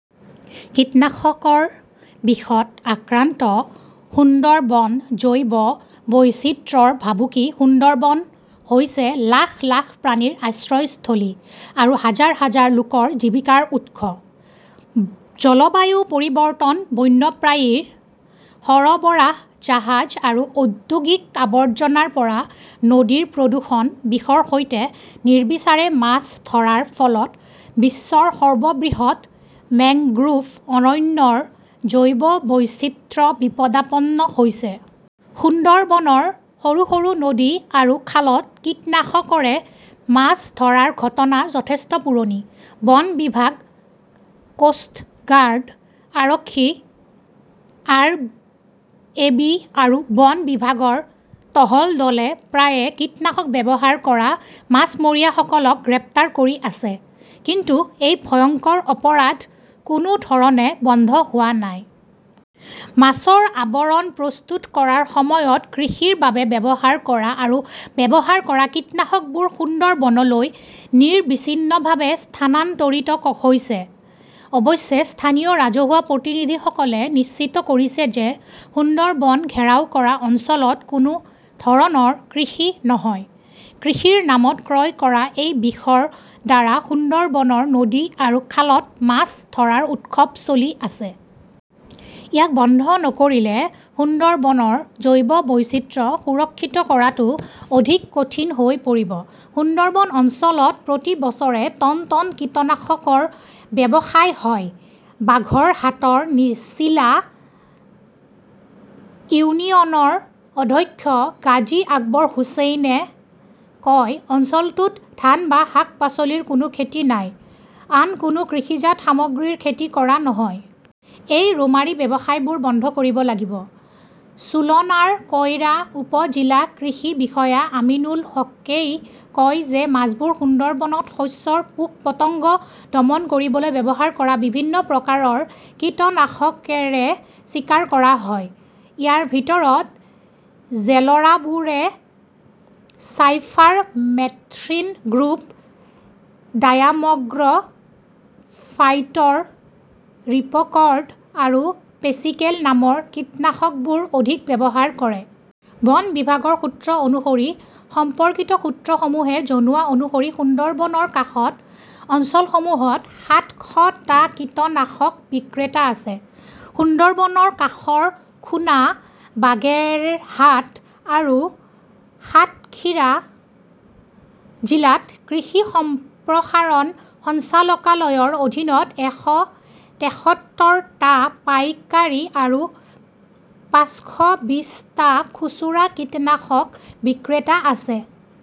কীটনাশকৰ বিষত আক্ৰান্ত সুন্দৰবন, জৈৱ বৈচিত্ৰ্যৰ ভাবুকি সুন্দৰবন হৈছে লাখ- লাখ প্ৰাণীৰ আশ্ৰয়স্থলী আৰু হাজাৰ- হাজাৰ লোকৰ জীৱিকাৰ উৎস। জলবায়ু পৰিৱৰ্তন, বন্যপ্ৰাণীৰ সৰবৰাহ, জাহাজ আৰু ঔদ্যোগিক আৱৰ্জনাৰ পৰা নদীৰ প্ৰদূষণ, বিষৰ সৈতে নিৰ্বিচাৰে মাছ ধৰাৰ ফলত বিশ্বৰ সৰ্ববৃহৎ মেংগ্ৰোভ অৰণ্যৰ জৈৱ বৈচিত্ৰ্য বিপদাপন্ন হৈছে। সুন্দৰবনৰ সৰু -সৰু নদী আৰু খালত কীটনাশকৰে মাছ ধৰাৰ ঘটনা যথেষ্ট পুৰণি। বন বিভাগ, কোষ্ট গাৰ্ড, আৰক্ষী, আৰএবি আৰু বন বিভাগৰ টহল দলে প্ৰায়ে কীটনাশক ব্যৱহাৰ কৰা মাছমৰীয়াসকলক গ্ৰেপ্তাৰ কৰি আছে। কিন্তু এই ভয়ংকৰ অপৰাধ কোনো ধৰণে বন্ধ হোৱা নাই। মাছৰ আৱৰণ প্ৰস্তুত কৰাৰ সময়ত কৃষিৰ বাবে ব্যৱহাৰ কৰা আৰু ব্যৱহাৰ কৰা কীটনাশকবোৰ সুন্দৰবনলৈ নিৰবিচ্ছিন্নভাৱে স্থানান্তৰিত হৈছে। অৱশ্যে স্থানীয় ৰাজহুৱা প্ৰতিনিধিসকলে নিশ্চিত কৰিছে যে সুন্দৰবন ঘেৰাও কৰা অঞ্চলত কোনো ধৰণৰ কৃষি নহয়। কৃষিৰ নামত ক্ৰয় কৰা এই বিষৰ দ্বাৰা সুন্দৰবনৰ নদী আৰু খালত মাছ ধৰাৰ উৎসৱ চলি আছে। ইয়াক বন্ধ নকৰিলে সুন্দৰবনৰ জৈৱ বৈচিত্ৰ্য সুৰক্ষিত কৰাটো অধিক কঠিন হৈ পৰিব। সুন্দৰবন অঞ্চলত প্ৰতি বছৰে টন -টন কীটনাশকৰ ব্যৱসায় হয়, বাঘৰহাটৰ চিলা ইউনিয়নৰ অধ্যক্ষ গাজী আকবৰ হুচেইনে কয়। অঞ্চলটোত ধান বা শাক-পাচলিৰ কোনো খেতি নাই, আন কোনো কৃষিজাত সামগ্ৰীৰ খেতি কৰা নহয়। এই ৰোমাৰী ব্যৱসায়বোৰ বন্ধ কৰিব লাগিব। চুলনাৰ কইৰা উপ-জিলা কৃষি বিষয়া আমিনুল হকেই কয় যে মাছবোৰ সুন্দৰবনত শস্যৰ পোক-পতংগ দমন কৰিবলৈ ব্যৱহাৰ কৰা বিভিন্ন প্ৰকাৰৰ কীটনাশকৰে চিকাৰ কৰা হয়। ইয়াৰ ভিতৰত, জেলৰাবোৰে চাইফাৰমেথ্ৰিন গ্ৰুপ, ডায়ামগ্ৰ ', ফাইটৰ, ৰিপকৰ্ড আৰু পেচিকেল নামৰ কীটনাশকবোৰ অধিক ব্যৱহাৰ কৰে। বন বিভাগৰ সূত্ৰ অনুসৰি, সম্পৰ্কিত সূত্ৰসমূহে জনোৱা অনুসৰি সুন্দৰবনৰ কাষৰ অঞ্চলসমূহত সাতশ টা কীটনাশক বিক্ৰেতা আছে, সুন্দৰবনৰ কাষৰ খুনা, বাগেৰহাট আৰু সাতখিৰা জিলাত কৃষি সম্প্ৰসাৰণ সঞ্চালকালয়ৰ অধীনত এশ তেসত্তৰ টা পাইকাৰী আৰু পাঁচশবিছটা খুচুৰা কীটনাশক বিক্ৰেতা আছে।